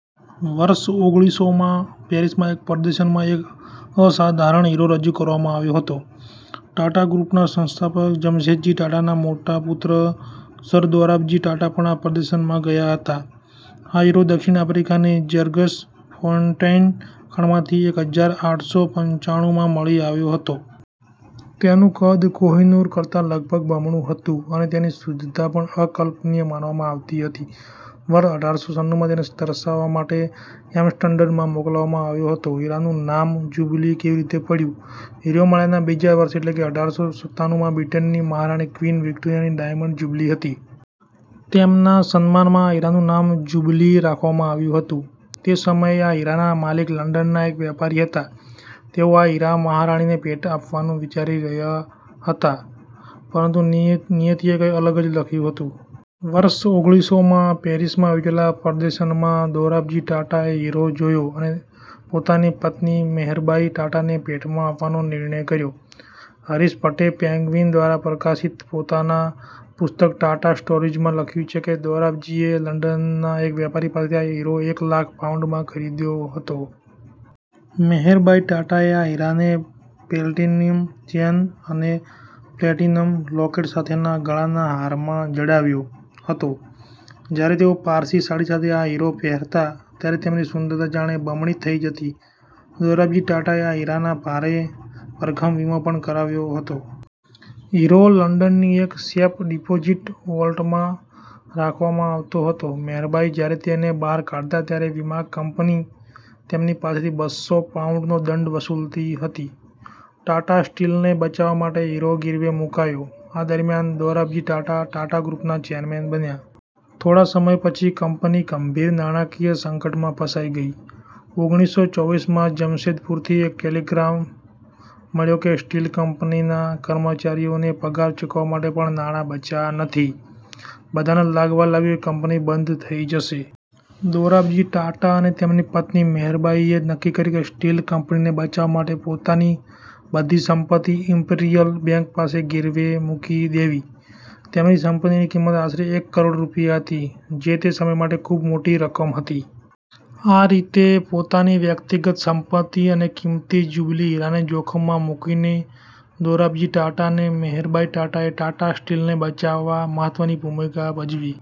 વર્ષ ઓગળીસોમાં પેરિસમાં એક પ્રદર્શનમાં એક અસાધારણ હીરો રજૂ કરવામાં આવ્યો હતો. ટાટા ગ્રૂપના સંસ્થાપક જમશેદજી ટાટાના મોટા પુત્ર સર દોરાબજી ટાટા પણ આ પ્રદર્શનમાં ગયા હતા. આ હીરો દક્ષિણ આફ્રિકાની જૅગર્સફૉન્ટેઇન ખાણમાંથી એક હજાર આઠ સો પંચાણુંમાં મળી આવ્યો હતો. તેનું કદ કોહિનૂર કરતાં લગભગ બમણું હતું અને તેની શુદ્ધતા પણ અકલ્પનીય માનવામાં આવતી હતી. વર્ષ અઢારસો છનુમાં તેને તરાશવા માટે એમ્સ્ટર્ડમ મોકલવામાં આવ્યો હતો. હીરાનું નામ “જુબલી” કેવી રીતે પડ્યું? હીરો મળ્યાના બીજા વર્ષે, એટલે કે અઢારસો સત્તાનુંમાં, બ્રિટનની મહારાણી ક્વીન વિક્ટોરિયાની ડાયમંડ જુબલી હતી. તેમના સન્માનમાં આ હીરાનું નામ “જુબલી” રાખવામાં આવ્યું હતું. તે સમયે આ હીરાના માલિક લંડનના એક વેપારી હતા. તેઓ આ હીરો મહારાણીને ભેટમાં આપવાનું વિચારી રહ્યા હતા. પરંતુ નિયતિએ કંઈક અલગ જ લખ્યું હતું. વર્ષ ઓગળીસોમાં પેરિસમાં યોજાયેલા પ્રદર્શનમાં દોરાબજી ટાટાએ આ હીરો જોયો અને પોતાની પત્ની મેહેરબાઈ ટાટાને ભેટમાં આપવાનો નિર્ણય કર્યો. હરીશ ભટે પેંગ્વિન દ્વારા પ્રકાશિત પોતાના પુસ્તક ટાટા સ્ટોરીઝમાં લખ્યું છે કે દોરાબજીએ લંડનના એક વેપારી પાસેથી આ હીરો એક લાખ પાઉન્ડમાં ખરીદ્યો હતો. મેહેરબાઈ ટાટાએ આ હીરાને પ્લેટિનમ ચેન અને પ્લેટિનમ લોકેટ સાથેના ગળાના હારમાં જડાવ્યો હતો. જ્યારે તેઓ પારસી સાડી સાથે આ હીરો પહેરતા, ત્યારે તેમની સુંદરતા જાણે બમણી થઈ જતી. દોરાબજી ટાટાએ આ હીરાનો ભારે ભરખમ વીમો પણ કરાવ્યો હતો. હીરો લંડનની એક સેફ ડિપોઝિટ વૉલ્ટમાં રાખવામાં આવતો હતો. મેહેરબાઈ જ્યારે તેને બહાર કાઢતા, ત્યારે વીમા કંપની તેમની પાસેથી બસ્સો પાઉન્ડનો દંડ વસૂલતી હતી. ટાટા સ્ટીલને બચાવવા માટે હીરો ગીરવે મૂકાયો આ દરમિયાન દોરાબજી ટાટા ટાટા ગ્રૂપના ચેરમેન બન્યા. થોડા સમય પછી કંપની ગંભીર નાણાકીય સંકટમાં ફસાઈ ગઈ. ઓગણીસો ચોવીસમાં જમશેદપુરથી એક ટેલિગ્રામ મળ્યો કે સ્ટીલ કંપનીના કર્મચારીઓને પગાર ચૂકવવા માટે પણ નાણાં બચ્યાં નથી. બધાને લાગવા લાગ્યું કે કંપની બંધ થઈ જશે. દોરાબજી ટાટા અને તેમની પત્ની મેહેરબાઈએ નક્કી કર્યું કે સ્ટીલ કંપનીને બચાવવા માટે પોતાની બધી સંપત્તિ ઈમ્પિરિયલ બેન્ક પાસે ગીરવે મૂકી દેવી. તેમની સંપત્તિની કિંમત આશરે એક કરોડ રૂપિયા હતી, જે તે સમય માટે ખૂબ મોટી રકમ હતી. આ રીતે, પોતાની વ્યક્તિગત સંપત્તિ અને કિંમતી જુબલી હીરાને જોખમમાં મૂકીને દોરાબજી ટાટા અને મેહેરબાઈ ટાટાએ ટાટા સ્ટીલને બચાવવામાં મહત્વની ભૂમિકા ભજવી.